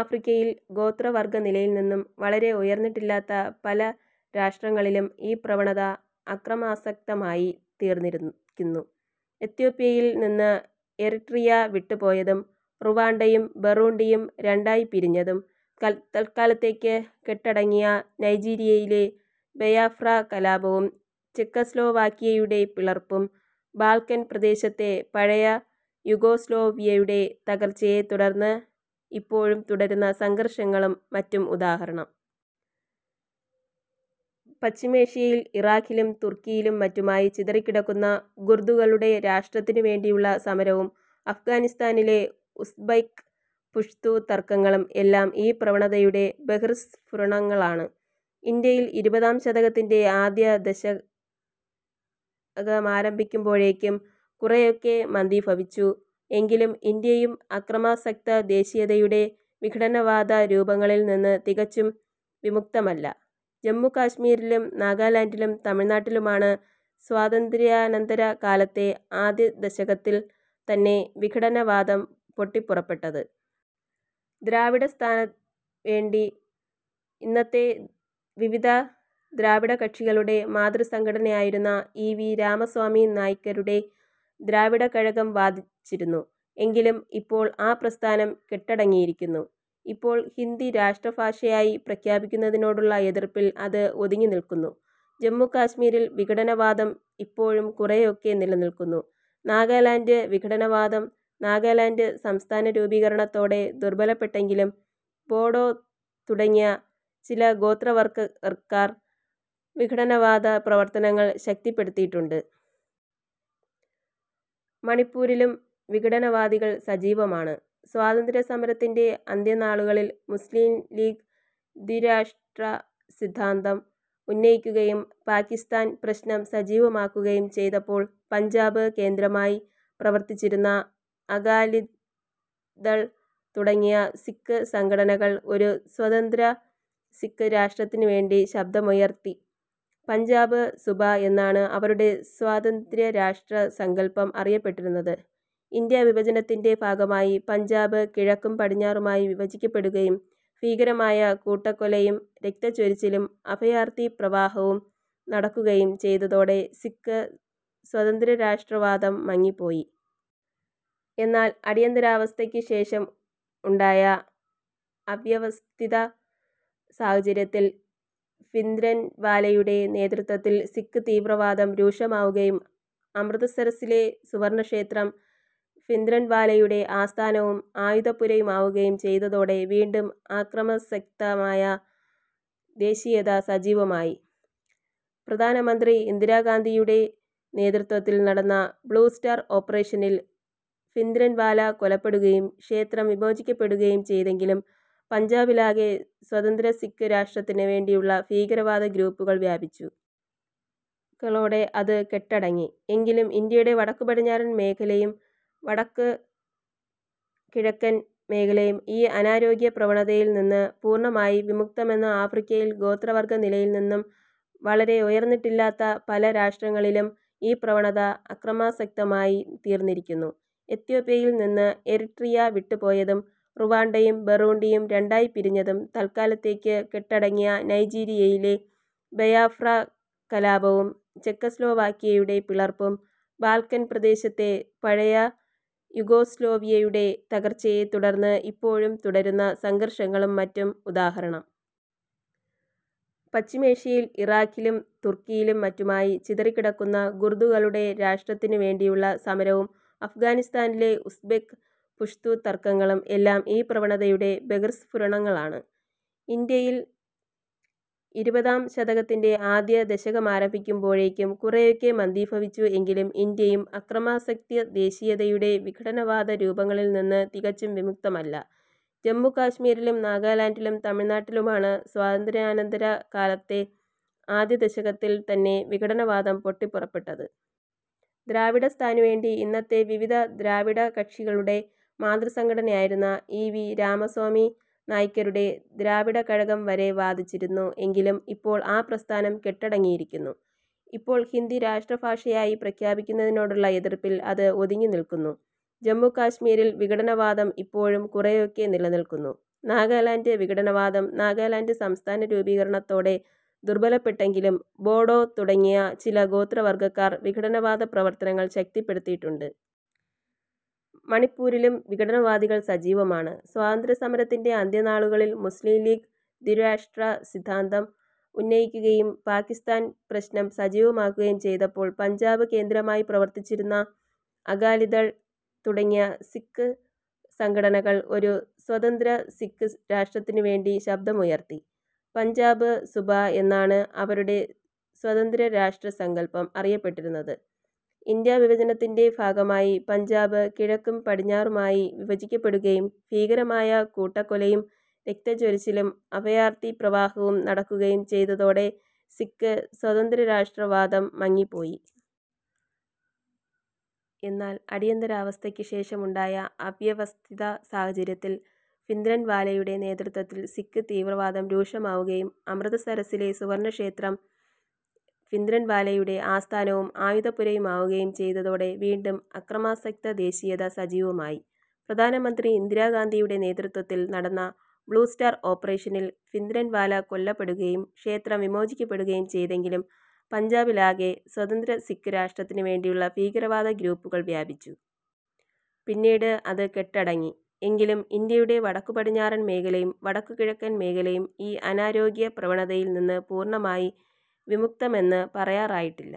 ആഫ്രിക്കയിൽ ഗോത്രവർഗനിലയിൽ നിന്നും വളരെ ഉയർന്നിട്ടില്ലാത്ത പല രാഷ്ട്രങ്ങളിലും ഈ പ്രവണത അക്രമാസക്തമായി തീർന്നിരിക്കുന്നു. എത്യോപ്യയിൽ നിന്ന് എറിട്രിയ വിട്ടുപോയതും റുവാണ്ടയും ബറൂണ്ടിയും രണ്ടായി പിരിഞ്ഞതും, കൽ തൽക്കാലത്തേക്ക് കെട്ടടങ്ങിയ നൈജീരിയയിലെ ബയാഫ്രാ കലാപവും ചിക്കസ്ലോവാക്കിയയുടെ പിളർപ്പും, ബാൾക്കൻ പ്രദേശത്തെ പഴയ യുഗോസ്ലോവ്യയുടെ തകർച്ചയെ തുടർന്ന് ഇപ്പോഴും തുടരുന്ന സംഘർഷങ്ങളും മറ്റും ഉദാഹരണം. പശ്ചിമേഷ്യയിൽ ഇറാഖിലും തുർക്കിയിലും മറ്റുമായി ചിതറിക്കിടക്കുന്ന ഖുർദുകളുടെ രാഷ്ട്രത്തിനു വേണ്ടിയുള്ള സമരവും അഫ്ഘാനിസ്താനിലെ ഉസ്ബെക്ക്, പുഷ്തു തർക്കങ്ങളും എല്ലാം ഈ പ്രവണതയുടെ ബഹിർസ്ഫുരണങ്ങളാണ്. ഇന്ത്യയിൽ ഇരുപതാം ശതകത്തിന്റെ ആദ്യ ദശകമാരംഭിക്കുമ്പോഴേക്കും കുറെയൊക്കെ മന്ദീഫവിച്ചു എങ്കിലും ഇന്ത്യയും അക്രമാസക്തദേശീയതയുടെ വിഘടനവാദ രൂപങ്ങളിൽ നിന്ന് തികച്ചും വിമുക്തമല്ല. ജമ്മുകാശ്മീരിലും നാഗാലൻഡിലും തമിഴ്നാട്ടിലുമാണ് സ്വാതന്ത്ര്യാനന്തര കാലത്തെ ആദ്യദശകത്തിൽ തന്നെ വിഘടനവാദം പൊട്ടിപ്പുറപ്പെട്ടത്. ദ്രാവിഡസ്ഥാനവേണ്ടി ഇന്നത്തെ വിവിധ ദ്രാവിഡകക്ഷികളുടെ മാതൃസംഘടനയായിരുന്ന ഇ. വി. രാമസ്വാമി നായ്ക്കരുടെ ദ്രാവിഡകഴകം വാദിച്ചിരുന്നു എങ്കിലും ഇപ്പോൾ ആ പ്രസ്ഥാനം കെട്ടടങ്ങിയിരിക്കുന്നു. ഇപ്പോൾ ഹിന്ദി രാഷ്ട്രഭാഷയായി പ്രഖ്യാപിക്കുന്നതിനോടുള്ള എതിർപ്പിൽ അത് ഒതുങ്ങിനിൽക്കുന്നു. ജമ്മുകാശ്മീരിൽ വിഘടനവാദം ഇപ്പോഴും കുറെയൊക്കെ നിലനിൽക്കുന്നു. നാഗാലൻഡ് വിഘടനവാദം നാഗാലാൻഡ് സംസ്ഥാന രൂപീകരണത്തോടെ ദുർബലപ്പെട്ടെങ്കിലും ബോഡോ തുടങ്ങിയ ചില ഗോത്രവർഗർക്കാർ വിഘടനവാദ പ്രവർത്തനങ്ങൾ ശക്തിപ്പെടുത്തിയിട്ടുണ്ട്. മണിപ്പൂരിലും വിഘടനവാദികൾ സജീവമാണ്. സ്വാതന്ത്ര്യസമരത്തിന്റെ അന്ത്യനാളുകളിൽ മുസ്ലീംലീഗ് ദ്വിരാഷ്ട്ര സിദ്ധാന്തം ഉന്നയിക്കുകയും പാകിസ്താൻ പ്രശ്നം സജീവമാക്കുകയും ചെയ്തപ്പോൾ പഞ്ചാബ് കേന്ദ്രമായി പ്രവർത്തിച്ചിരുന്ന അകാലിദൾ തുടങ്ങിയ സിക്ക് സംഘടനകൾ ഒരു സ്വതന്ത്ര സിക്ക് രാഷ്ട്രത്തിനുവേണ്ടി ശബ്ദമുയർത്തി. പഞ്ചാബ് സുബ എന്നാണ് അവരുടെ സ്വതന്ത്രരാഷ്ട്രസങ്കല്പം അറിയപ്പെട്ടിരുന്നത്. ഇന്ത്യാവിഭജനത്തിന്റെ ഭാഗമായി പഞ്ചാബ് കിഴക്കും പടിഞ്ഞാറുമായി വിഭജിക്കപ്പെടുകയും ഭീകരമായ കൂട്ടക്കൊലയും രക്തച്ചൊരിച്ചിലും അഭയാർഥി പ്രവാഹവും നടക്കുകയും ചെയ്തതോടെ സിക്ക് സ്വതന്ത്രരാഷ്ട്രവാദം മങ്ങിപ്പോയി. എന്നാൽ അടിയന്തരാവസ്ഥക്ക് ശേഷം ഉണ്ടായ അവ്യവസ്ഥിത സാഹചര്യത്തിൽ ഭിന്ദ്രൻവാലയുടെ നേതൃത്വത്തിൽ സിക്ക് തീവ്രവാദം രൂക്ഷമാവുകയും അമൃതസരസ്സിലെ സുവർണക്ഷേത്രം ഭിന്ദ്രൻവാലയുടെ ആസ്ഥാനവും ആയുധപ്പുരയുമാവുകയും ചെയ്തതോടെ വീണ്ടും അക്രമാസക്ത മായ ദേശീയത സജീവമായി. പ്രധാനമന്ത്രി ഇന്ദിരാഗാന്ധിയുടെ നേതൃത്വത്തിൽ നടന്ന ബ്ളൂസ്റ്റാർ ഓപ്പറേഷനിൽ ഭിന്ദ്രൻവാല കൊല്ലപ്പെടുകയും ക്ഷേത്രം വിമോചിക്കപ്പെടുകയും ചെയ്തെങ്കിലും പഞ്ചാബിലാകെ സ്വതന്ത്ര സിക്ക് രാഷ്ട്രത്തിന് വേണ്ടിയുള്ള ഭീകരവാദ ഗ്രൂപ്പുകൾ വ്യാപിച്ചു. -കളോടെ അത് കെട്ടടങ്ങി. എങ്കിലും ഇന്ത്യയുടെ വടക്കു പടിഞ്ഞാറൻ മേഖലയും വടക്കു കിഴക്കൻ മേഖലയും ഈ അനാരോഗ്യ പ്രവണതയിൽ നിന്ന് പൂർണമായി വിമുക്തമെന്നു ആഫ്രിക്കയിൽ ഗോത്രവർഗനിലയിൽ നിന്നും വളരെ ഉയർന്നിട്ടില്ലാത്ത പല രാഷ്ട്രങ്ങളിലും ഈ പ്രവണത അക്രമാസക്തമായി തീർന്നിരിക്കുന്നു. എത്യോപ്യയിൽ നിന്ന് എറിട്രിയ വിട്ടുപോയതും റുവാണ്ടയും ബറൂണ്ടിയും രണ്ടായി പിരിഞ്ഞതും, തൽക്കാലത്തേക്ക് കെട്ടടങ്ങിയ നൈജീരിയയിലെ ബയാഫ്രാ കലാപവും ചെക്കസ്ലോവാക്കിയയുടെ പിളർപ്പും, ബാൾക്കൻ പ്രദേശത്തെ പഴയ യുഗോസ്ലോവ്യയുടെ തകർച്ചയെ തുടർന്ന് ഇപ്പോഴും തുടരുന്ന സംഘർഷങ്ങളും മറ്റും ഉദാഹരണം. പശ്ചിമേഷ്യയിൽ ഇറാഖിലും തുർക്കിയിലും മറ്റുമായി ചിതറിക്കിടക്കുന്ന ഖുർദുകളുടെ രാഷ്ട്രത്തിനു വേണ്ടിയുള്ള സമരവും അഫ്ഘാനിസ്താനിലെ ഉസ്ബെക്ക്, പുഷ്തു തർക്കങ്ങളും എല്ലാം ഈ പ്രവണതയുടെ ബഹിർസ്ഫുരണങ്ങളാണ്. ഇന്ത്യയിൽ ഇരുപതാം ശതകത്തിന്റെ ആദ്യ ദശകമാരംഭിക്കുമ്പോഴേക്കും കുറെയൊക്കെ മന്ദീഫവിച്ചു എങ്കിലും ഇന്ത്യയും അക്രമാസക്തദേശീയതയുടെ വിഘടനവാദ രൂപങ്ങളിൽ നിന്ന് തികച്ചും വിമുക്തമല്ല. ജമ്മുകാശ്മീരിലും നാഗാലൻഡിലും തമിഴ്നാട്ടിലുമാണ് സ്വാതന്ത്ര്യാനന്തര കാലത്തെ ആദ്യദശകത്തിൽ തന്നെ വിഘടനവാദം പൊട്ടിപ്പുറപ്പെട്ടത്. ദ്രാവിഡസ്ഥാനുവേണ്ടി ഇന്നത്തെ വിവിധ ദ്രാവിഡകക്ഷികളുടെ മാതൃസംഘടനയായിരുന്ന ഇ. വി. രാമസ്വാമി നായ്ക്കരുടെ ദ്രാവിഡകഴകം വരെ വാദിച്ചിരുന്നു എങ്കിലും ഇപ്പോൾ ആ പ്രസ്ഥാനം കെട്ടടങ്ങിയിരിക്കുന്നു. ഇപ്പോൾ ഹിന്ദി രാഷ്ട്രഭാഷയായി പ്രഖ്യാപിക്കുന്നതിനോടുള്ള എതിർപ്പിൽ അത് ഒതുങ്ങിനിൽക്കുന്നു. ജമ്മുകാശ്മീരിൽ വിഘടനവാദം ഇപ്പോഴും കുറെയൊക്കെ നിലനിൽക്കുന്നു. നാഗാലൻഡ് വിഘടനവാദം നാഗാലാൻഡ് സംസ്ഥാന രൂപീകരണത്തോടെ ദുർബലപ്പെട്ടെങ്കിലും ബോഡോ തുടങ്ങിയ ചില ഗോത്രവർഗക്കാർ വിഘടനവാദ പ്രവർത്തനങ്ങൾ ശക്തിപ്പെടുത്തിയിട്ടുണ്ട്. മണിപ്പൂരിലും വിഘടനവാദികൾ സജീവമാണ്. സ്വാതന്ത്ര്യസമരത്തിന്റെ അന്ത്യനാളുകളിൽ മുസ്ലീംലീഗ് ദ്വിരാഷ്ട്ര സിദ്ധാന്തം ഉന്നയിക്കുകയും പാകിസ്താൻ പ്രശ്നം സജീവമാക്കുകയും ചെയ്തപ്പോൾ പഞ്ചാബ് കേന്ദ്രമായി പ്രവർത്തിച്ചിരുന്ന അകാലിദൾ തുടങ്ങിയ സിക്ക് സംഘടനകൾ ഒരു സ്വതന്ത്ര സിക്ക് രാഷ്ട്രത്തിനുവേണ്ടി ശബ്ദമുയർത്തി. പഞ്ചാബ് സുബ എന്നാണ് അവരുടെ സ്വതന്ത്രരാഷ്ട്രസങ്കല്പം അറിയപ്പെട്ടിരുന്നത്. ഇന്ത്യാവിഭജനത്തിന്റെ ഭാഗമായി പഞ്ചാബ് കിഴക്കും പടിഞ്ഞാറുമായി വിഭജിക്കപ്പെടുകയും ഭീകരമായ കൂട്ടക്കൊലയും രക്തച്ചൊരിച്ചിലും അഭയാർഥി പ്രവാഹവും നടക്കുകയും ചെയ്തതോടെ സിക്ക് സ്വതന്ത്രരാഷ്ട്രവാദം മങ്ങിപ്പോയി. എന്നാൽ അടിയന്തരാവസ്ഥക്ക് ശേഷം ഉണ്ടായ അവ്യവസ്ഥിത സാഹചര്യത്തിൽ ഭിന്ദ്രൻവാലയുടെ നേതൃത്വത്തിൽ സിക്ക് തീവ്രവാദം രൂക്ഷമാവുകയും അമൃതസരസ്സിലെ സുവർണക്ഷേത്രം ഭിന്ദ്രൻവാലയുടെ ആസ്ഥാനവും ആയുധപ്പുരയുമാവുകയും ചെയ്തതോടെ വീണ്ടും അക്രമാസക്ത ദേശീയത സജീവമായി. പ്രധാനമന്ത്രി ഇന്ദിരാഗാന്ധിയുടെ നേതൃത്വത്തിൽ നടന്ന ബ്ളൂസ്റ്റാർ ഓപ്പറേഷനിൽ ഭിന്ദ്രൻവാല കൊല്ലപ്പെടുകയും ക്ഷേത്രം വിമോചിക്കപ്പെടുകയും ചെയ്തെങ്കിലും പഞ്ചാബിലാകെ സ്വതന്ത്ര സിക്ക് രാഷ്ട്രത്തിന് വേണ്ടിയുള്ള ഭീകരവാദ ഗ്രൂപ്പുകൾ വ്യാപിച്ചു. പിന്നീട് അത് കെട്ടടങ്ങി. എങ്കിലും ഇന്ത്യയുടെ വടക്കു പടിഞ്ഞാറൻ മേഖലയും വടക്കു കിഴക്കൻ മേഖലയും ഈ അനാരോഗ്യ പ്രവണതയിൽ നിന്ന് പൂർണമായി വിമുക്തമെന്നു പറയാറായിട്ടില്ല.